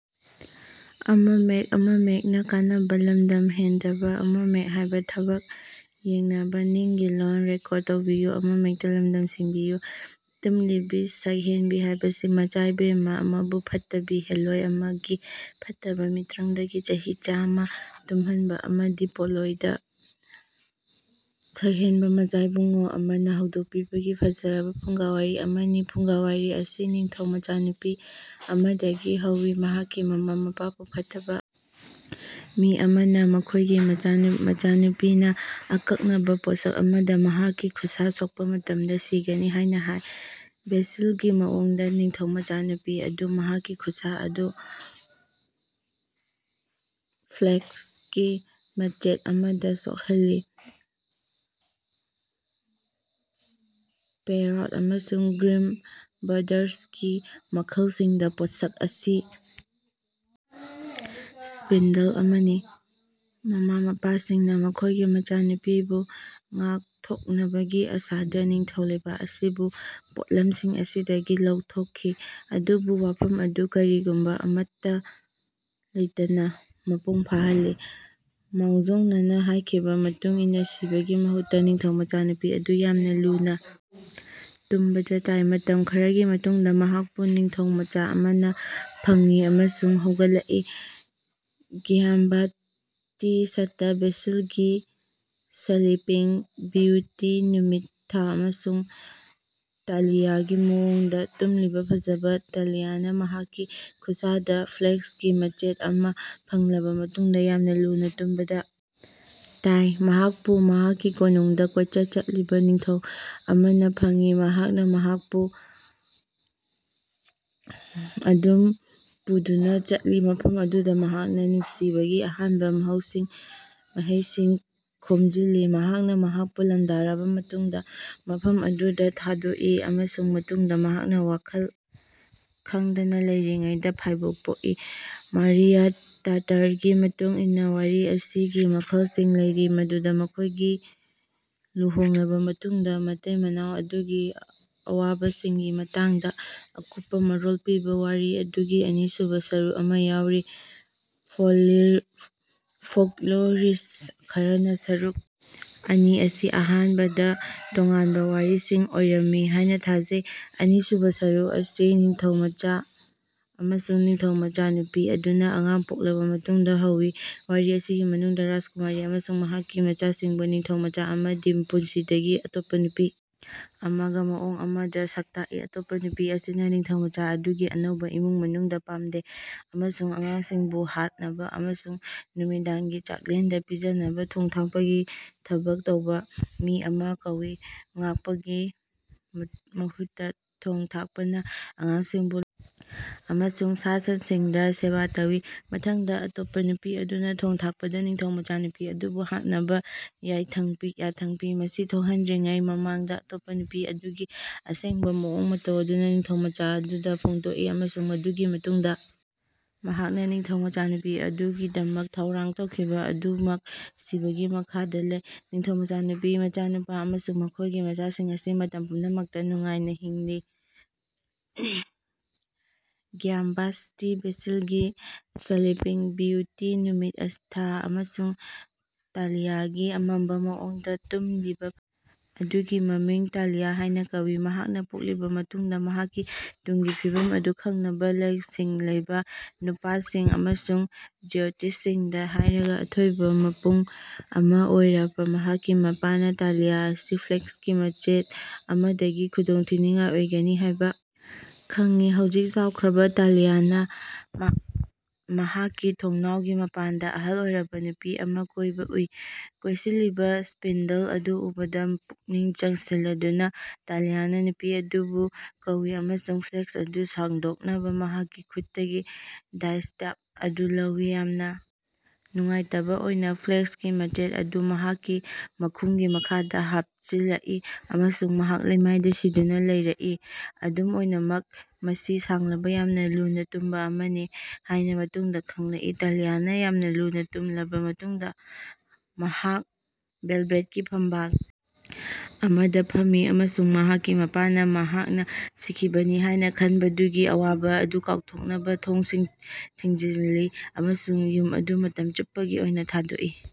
ꯇꯨꯝꯂꯤꯕꯤ ꯁꯛꯍꯦꯟꯕꯤ ꯍꯥꯏꯕꯁꯤ ꯃꯆꯥꯏꯕꯦꯝꯃ ꯑꯃꯕꯨ ꯐꯠꯇꯕꯤ ꯍꯦꯂꯣꯢ ꯑꯃꯒꯤ ꯐꯠꯇꯕ ꯃꯤꯠꯇ꯭ꯔꯪꯗꯒꯤ ꯆꯍꯤ ꯆꯥꯝꯃ ꯇꯨꯝꯍꯟꯕ ꯑꯃꯗꯤ ꯄꯣꯂꯣꯢꯗ ꯁꯛꯍꯦꯟꯕ ꯃꯆꯥꯏꯕꯨꯡꯉꯣ ꯑꯃꯅ ꯍꯧꯗꯣꯛꯄꯤꯕꯒꯤ ꯐꯖꯔꯕ ꯐꯨꯡꯒꯥꯋꯥꯔꯤ ꯑꯃꯅꯤ꯫ ꯐꯨꯡꯒꯥ ꯋꯥꯔꯤ ꯑꯁꯤ ꯅꯤꯡꯊꯧ ꯃꯆꯥꯅꯨꯄꯤ ꯑꯃꯗꯒꯤ ꯍꯧꯏ ꯃꯍꯥꯛꯀꯤ ꯃꯃꯥ ꯃꯄꯥꯕꯨ ꯐꯠꯇꯕ ꯃꯤ ꯑꯃꯅ ꯃꯈꯣꯏꯒꯤ ꯃꯆꯥꯅꯨꯄꯤꯅ ꯑꯀꯛꯅꯕ ꯄꯣꯠꯁꯛ ꯑꯃꯗ ꯃꯍꯥꯛꯀꯤ ꯈꯨꯠꯁꯥ ꯁꯣꯛꯄ ꯃꯇꯝꯗ ꯁꯤꯒꯅꯤ ꯍꯥꯏꯅ ꯍꯥꯏ꯫ ꯕꯦꯁꯤꯜꯒꯤ ꯃꯑꯣꯡꯗ ꯅꯤꯡꯊꯧ ꯃꯆꯥꯅꯨꯄꯤ ꯑꯗꯨꯅ ꯃꯍꯥꯛꯀꯤ ꯈꯨꯠꯁꯥ ꯑꯗꯨ ꯐ꯭ꯂꯦꯛꯁꯀꯤ ꯃꯆꯦꯠ ꯑꯃꯗ ꯁꯣꯛꯍꯜꯂꯤ꯫ ꯄꯦꯔꯥꯎꯜ꯭ꯇ ꯑꯃꯁꯨꯡ ꯒ꯭ꯔꯤꯝ ꯕ꯭ꯔꯗꯔꯁꯀꯤ ꯃꯈꯜꯁꯤꯡꯗ ꯄꯣꯠꯁꯛ ꯑꯁꯤ ꯁ꯭ꯄꯤꯟꯗꯜ ꯑꯃꯅꯤ꯫ ꯃꯃꯥ ꯃꯄꯥꯁꯤꯡꯅ ꯃꯈꯣꯏꯒꯤ ꯃꯆꯥꯅꯨꯄꯤꯕꯨ ꯉꯥꯛꯊꯣꯛꯅꯕꯒꯤ ꯑꯥꯁꯥꯗ ꯅꯤꯡꯊꯧ ꯂꯩꯕꯥꯛ ꯑꯁꯤꯕꯨ ꯄꯣꯠꯂꯝꯁꯤꯡ ꯑꯁꯤꯗꯒꯤ ꯂꯧꯊꯣꯛꯈꯤ ꯑꯗꯨꯕꯨ ꯋꯥꯐꯝ ꯑꯗꯨ ꯀꯔꯤꯒꯨꯝꯕ ꯑꯃꯠꯇ ꯂꯩꯇꯅ ꯃꯄꯨꯡ ꯐꯥꯍꯜꯂꯤ꯫ ꯃꯥꯡꯖꯧꯅꯅ ꯍꯥꯏꯈꯤꯕ ꯃꯇꯨꯡ ꯏꯟꯅ ꯁꯤꯕꯒꯤ ꯃꯍꯨꯠꯇ ꯅꯤꯡꯊꯧ ꯃꯆꯥꯅꯨꯄꯤ ꯑꯗꯨ ꯌꯥꯝꯅ ꯂꯨꯅ ꯇꯨꯝꯕꯗ ꯇꯥꯏ꯫ ꯃꯇꯝ ꯈꯔꯒꯤ ꯃꯇꯨꯡꯗ ꯃꯍꯥꯛꯄꯨ ꯅꯤꯡꯊꯧꯃꯆꯥ ꯑꯃꯅ ꯐꯪꯏ ꯑꯃꯁꯨꯡ ꯍꯧꯒꯠꯂꯛꯏ꯫ ꯒ꯭ꯌꯥꯝꯕꯥꯇꯤꯁꯇꯥ ꯕꯦꯁꯤꯜꯒꯤ ꯁ꯭ꯂꯤꯄꯤꯡ ꯕꯤꯌꯨꯇꯤ ꯅꯨꯃꯤꯠ ꯊꯥ ꯑꯃꯁꯨꯡ ꯇꯥꯂꯤꯌꯥꯒꯤ ꯃꯑꯣꯡꯗ ꯇꯨꯝꯂꯤꯕ ꯐꯖꯕ ꯇꯥꯂꯤꯌꯥꯅ ꯃꯍꯥꯛꯀꯤ ꯈꯨꯠꯁꯥꯗ ꯐ꯭ꯂꯦꯛꯁꯀꯤ ꯃꯆꯦꯠ ꯑꯃ ꯐꯪꯂꯕ ꯃꯇꯨꯡꯗ ꯌꯥꯝꯅ ꯂꯨꯅ ꯇꯨꯝꯕꯗ ꯇꯥꯏ꯫ ꯃꯍꯥꯛꯄꯨ ꯃꯍꯥꯛꯀꯤ ꯀꯣꯅꯨꯡꯗ ꯀꯣꯏꯆꯠ ꯆꯠꯂꯤꯕ ꯅꯤꯡꯊꯧ ꯑꯃꯅ ꯐꯪꯉꯤ ꯃꯍꯥꯛꯅ ꯃꯍꯥꯛꯄꯨ ꯐꯃꯨꯡ ꯑꯃꯗ ꯄꯨꯗꯨꯅ ꯆꯠꯂꯤ ꯃꯐꯝ ꯑꯗꯨꯗ ꯃꯍꯥꯛꯅ ꯅꯨꯡꯁꯤꯕꯒꯤ ꯑꯍꯥꯟꯕ ꯃꯍꯩꯁꯤꯡ ꯈꯣꯝꯖꯤꯜꯂꯤ꯫ ꯃꯍꯥꯛꯅ ꯃꯍꯥꯛꯄꯨ ꯂꯥꯟꯗꯥꯔꯕ ꯃꯇꯨꯡꯗ ꯃꯐꯝ ꯑꯗꯨꯗ ꯊꯥꯗꯣꯛꯏ ꯑꯃꯁꯨꯡ ꯃꯇꯨꯡꯗ ꯃꯍꯥꯛꯅ ꯋꯥꯈꯜ ꯈꯪꯗꯅ ꯂꯩꯔꯤꯉꯩꯗ ꯐꯥꯏꯕꯣꯛ ꯄꯣꯛꯏ꯫ ꯃꯥꯔꯤꯌꯥ ꯇꯥꯇꯔꯒꯤ ꯃꯇꯨꯡ ꯏꯟꯅ ꯋꯥꯔꯤ ꯑꯁꯤꯒꯤ ꯃꯈꯜꯁꯤꯡ ꯂꯩꯔꯤ ꯃꯗꯨꯗ ꯃꯈꯣꯏꯒꯤ ꯂꯨꯍꯣꯡꯂꯕ ꯃꯇꯨꯡꯗ ꯃꯇꯩ ꯃꯅꯥꯎ ꯑꯗꯨꯒꯤ ꯑꯋꯥꯕꯁꯤꯡꯒꯤ ꯃꯇꯥꯡꯗ ꯑꯀꯨꯞꯄ ꯃꯔꯣꯜ ꯄꯤꯕ ꯋꯥꯔꯤ ꯑꯗꯨꯒꯤ ꯑꯅꯤꯁꯨꯕ ꯁꯔꯨꯛ ꯑꯃ ꯌꯥꯎꯔꯤ ꯐꯣꯛꯂꯣꯔꯤꯁ꯭ꯠ ꯈꯔꯅ ꯁꯔꯨꯛ ꯑꯅꯤ ꯑꯁꯤ ꯑꯍꯥꯟꯕꯗ ꯇꯣꯉꯥꯟꯕ ꯋꯥꯔꯤꯁꯤꯡ ꯑꯣꯏꯔꯝꯃꯤ ꯍꯥꯏꯅ ꯊꯥꯖꯩ꯫ ꯑꯅꯤꯁꯨꯕ ꯁꯔꯨꯛ ꯑꯁꯤ ꯅꯤꯡꯊꯧꯃꯆꯥ ꯑꯃꯁꯨꯡ ꯅꯤꯡꯊꯧ ꯃꯆꯥꯅꯨꯄꯤ ꯑꯗꯨꯅ ꯑꯉꯥꯡ ꯄꯣꯛꯂꯕ ꯃꯇꯨꯡꯗ ꯍꯧꯏ꯫ ꯋꯥꯔꯤ ꯑꯁꯤꯒꯤ ꯃꯅꯨꯡꯗ ꯔꯥꯖꯀꯨꯃꯥꯔꯤ ꯑꯃꯁꯨꯡ ꯃꯍꯥꯛꯀꯤ ꯃꯆꯥꯁꯤꯡꯕꯨ ꯅꯤꯡꯊꯧ ꯃꯆꯥ ꯑꯗꯨꯒꯤ ꯄꯨꯟꯁꯤꯗꯒꯤ ꯑꯇꯣꯞꯄ ꯅꯨꯄꯤ ꯑꯃꯒ ꯃꯑꯣꯡ ꯑꯃꯗ ꯁꯛꯇꯥꯛꯏ꯫ ꯑꯇꯣꯞꯄ ꯅꯨꯄꯤ ꯑꯁꯤꯅ ꯅꯤꯡꯊꯧꯃꯆꯥ ꯑꯗꯨꯒꯤ ꯑꯅꯧꯕ ꯏꯃꯨꯡ ꯃꯅꯨꯡꯕꯨ ꯄꯥꯝꯗꯦ ꯑꯃꯁꯨꯡ ꯑꯉꯥꯡꯁꯤꯡꯕꯨ ꯍꯥꯠꯅꯕ ꯑꯃꯁꯨꯡ ꯅꯨꯃꯤꯗꯥꯡꯒꯤ ꯆꯥꯛꯂꯦꯟꯗ ꯄꯤꯖꯅꯕ ꯊꯣꯡ ꯊꯥꯛꯄꯒꯤ ꯊꯕꯛ ꯇꯧꯕ ꯃꯤ ꯑꯃ ꯀꯧꯏ꯫ ꯉꯥꯛꯄꯒꯤ ꯃꯍꯨꯠꯇ ꯊꯣꯡ ꯊꯥꯛꯄꯅ ꯑꯉꯥꯡꯁꯤꯡꯕꯨ ꯂꯣꯠꯁꯤꯜꯂꯤ ꯑꯃꯁꯨꯡ ꯁꯥ ꯁꯟꯁꯤꯡꯗ ꯁꯦꯕꯥ ꯇꯧꯏ꯫ ꯃꯊꯪꯗ ꯑꯇꯣꯞꯄ ꯅꯨꯄꯤ ꯑꯗꯨꯅ ꯊꯣꯡ ꯊꯥꯛꯄꯗ ꯅꯤꯡꯊꯧ ꯃꯆꯥꯅꯨꯄꯤ ꯑꯗꯨꯕꯨ ꯍꯥꯠꯅꯕ ꯌꯥꯊꯪ ꯄꯤ꯫ ꯃꯁꯤ ꯊꯣꯛꯍꯟꯗ꯭ꯔꯤꯉꯩ ꯃꯃꯥꯡꯗ ꯑꯇꯣꯞꯄ ꯅꯨꯄꯤ ꯑꯗꯨꯒꯤ ꯑꯁꯦꯡꯕ ꯃꯑꯣꯡ ꯃꯇꯧ ꯑꯗꯨ ꯅꯤꯡꯊꯧꯃꯆꯥ ꯑꯗꯨꯗ ꯐꯣꯡꯗꯣꯛꯏ ꯑꯃꯁꯨꯡ ꯃꯗꯨꯒꯤ ꯃꯇꯨꯡꯗ ꯃꯍꯥꯛꯅ ꯅꯤꯡꯊꯧ ꯃꯆꯥꯅꯨꯄꯤ ꯑꯗꯨꯒꯤꯗꯃꯛ ꯊꯧꯔꯥꯡ ꯇꯧꯈꯤꯕ ꯑꯗꯨꯃꯛ ꯁꯤꯕꯒꯤ ꯃꯈꯥꯗ ꯂꯩ꯫ ꯅꯤꯡꯊꯧ ꯃꯆꯥꯅꯨꯄꯤ ꯅꯤꯡꯊꯧꯃꯆꯥ ꯑꯃꯁꯨꯡ ꯃꯈꯣꯏꯒꯤ ꯃꯆꯥꯁꯤꯡ ꯑꯁꯤ ꯃꯇꯝ ꯄꯨꯝꯅꯃꯛꯇ ꯅꯨꯡꯉꯥꯏꯅ ꯍꯤꯡꯂꯤ꯫ ꯒ꯭ꯌꯥꯝꯕꯥꯇꯤꯁꯇꯥ ꯕꯦꯁꯤꯜꯒꯤ ꯁ꯭ꯂꯤꯄꯤꯡ ꯕꯤꯌꯨꯇꯤ ꯅꯨꯃꯤꯠ ꯊꯥ ꯑꯃꯁꯨꯡ ꯇꯥꯂꯤꯌꯥꯒꯤ ꯑꯃꯝꯕ ꯃꯑꯣꯡꯗ ꯇꯨꯝꯂꯤꯕ ꯐꯖꯕ ꯑꯗꯨꯒꯤ ꯃꯃꯤꯡ ꯇꯥꯂꯤꯌꯥ ꯍꯥꯏꯅ ꯀꯧꯏ꯫ ꯃꯍꯥꯛꯅ ꯄꯣꯛꯂꯕ ꯃꯇꯨꯡꯗ ꯃꯍꯥꯛꯀꯤ ꯇꯨꯡꯒꯤ ꯐꯤꯕꯝ ꯑꯗꯨ ꯈꯪꯅꯕ ꯂꯧꯁꯤꯡ ꯂꯩꯕ ꯅꯨꯄꯥꯁꯤꯡ ꯑꯃꯁꯨꯡ ꯖ꯭ꯌꯣꯇꯤꯁꯁꯤꯡꯗ ꯍꯥꯏꯔꯒ ꯑꯊꯣꯏꯕ ꯃꯄꯨ ꯑꯃꯥ ꯑꯣꯏꯔꯤꯕ ꯃꯍꯥꯛꯀꯤ ꯃꯄꯥꯅ ꯇꯥꯂꯤꯌꯥ ꯑꯁꯤ ꯐ꯭ꯂꯦꯛꯁꯀꯤ ꯃꯆꯦꯠ ꯑꯃꯗꯒꯤ ꯈꯨꯗꯣꯡꯊꯤꯅꯤꯡꯉꯥꯏ ꯑꯣꯏꯒꯅꯤ ꯍꯥꯏꯕ ꯈꯪꯉꯤ꯫ ꯍꯧꯖꯤꯛ ꯆꯥꯎꯈ꯭ꯔꯕ ꯇꯥꯂꯤꯌꯥꯅ ꯃꯍꯥꯛꯀꯤ ꯊꯣꯡꯅꯥꯎꯒꯤ ꯃꯄꯥꯟꯗ ꯑꯍꯜ ꯑꯣꯏꯔꯕ ꯅꯨꯄꯤ ꯑꯃ ꯀꯣꯏꯕ ꯎꯏ꯫ ꯀꯣꯏꯁꯤꯜꯂꯤꯕ ꯁ꯭ꯄꯤꯟꯗꯜ ꯑꯗꯨ ꯎꯕꯗ ꯄꯨꯛꯅꯤꯡ ꯆꯪꯁꯤꯜꯂꯗꯨꯅ ꯇꯥꯂꯤꯌꯥꯅ ꯅꯨꯄꯤ ꯑꯗꯨꯕꯨ ꯀꯧꯋꯤ ꯑꯃꯁꯨꯡ ꯐ꯭ꯂꯦꯛꯁ ꯑꯗꯨ ꯁꯥꯡꯗꯣꯛꯅꯕ ꯃꯍꯥꯛꯀꯤ ꯈꯨꯠꯇꯒꯤ ꯗꯥꯏꯁ꯭ꯇꯥꯐ ꯑꯗꯨ ꯂꯧꯋꯤ꯫ ꯌꯥꯝꯅ ꯅꯨꯡꯉꯥꯏꯇꯕ ꯑꯣꯏꯅ ꯐ꯭ꯂꯦꯛꯁꯀꯤ ꯃꯆꯦꯠ ꯑꯗꯨ ꯃꯍꯥꯛꯀꯤ ꯃꯈꯨꯝꯒꯤ ꯃꯈꯥꯗ ꯍꯥꯞꯆꯤꯜꯂꯛꯏ ꯑꯃꯁꯨꯡ ꯃꯍꯥꯛ ꯂꯩꯃꯥꯏꯗ ꯁꯤꯗꯨꯅ ꯂꯩꯔꯛꯏ ꯑꯗꯨꯝ ꯑꯣꯏꯅꯃꯛ ꯃꯁꯤ ꯁꯥꯡꯂꯕ ꯌꯥꯝꯅ ꯂꯨꯅ ꯇꯨꯝꯕ ꯑꯃꯅꯤ ꯍꯥꯏꯅ ꯃꯇꯨꯡꯗ ꯈꯪꯂꯛꯏ꯫ ꯇꯥꯂꯤꯌꯥꯅ ꯌꯥꯝꯅ ꯂꯨꯅ ꯇꯨꯝꯂꯕ ꯃꯇꯨꯡꯗ ꯃꯍꯥꯛ ꯚꯦꯜꯚꯦꯠꯀꯤ ꯐꯝꯕꯥꯜ ꯑꯃꯗ ꯐꯝꯃꯤ ꯑꯃꯁꯨꯡ ꯃꯍꯥꯛꯀꯤ ꯃꯄꯥꯅ ꯃꯍꯥꯛꯅ ꯁꯤꯈꯤꯕꯅꯤ ꯍꯥꯏꯅ ꯈꯟꯕꯗꯨꯒꯤ ꯑꯋꯥꯕ ꯑꯗꯨ ꯀꯥꯎꯊꯣꯛꯅꯕ ꯊꯣꯡꯁꯤꯡ ꯊꯤꯡꯖꯤꯜꯂꯤ ꯑꯃꯁꯨꯡ ꯌꯨꯝ ꯑꯗꯨ ꯃꯇꯝ ꯆꯨꯞꯄꯒꯤ ꯑꯣꯏꯅ ꯊꯥꯗꯣꯛꯏ꯫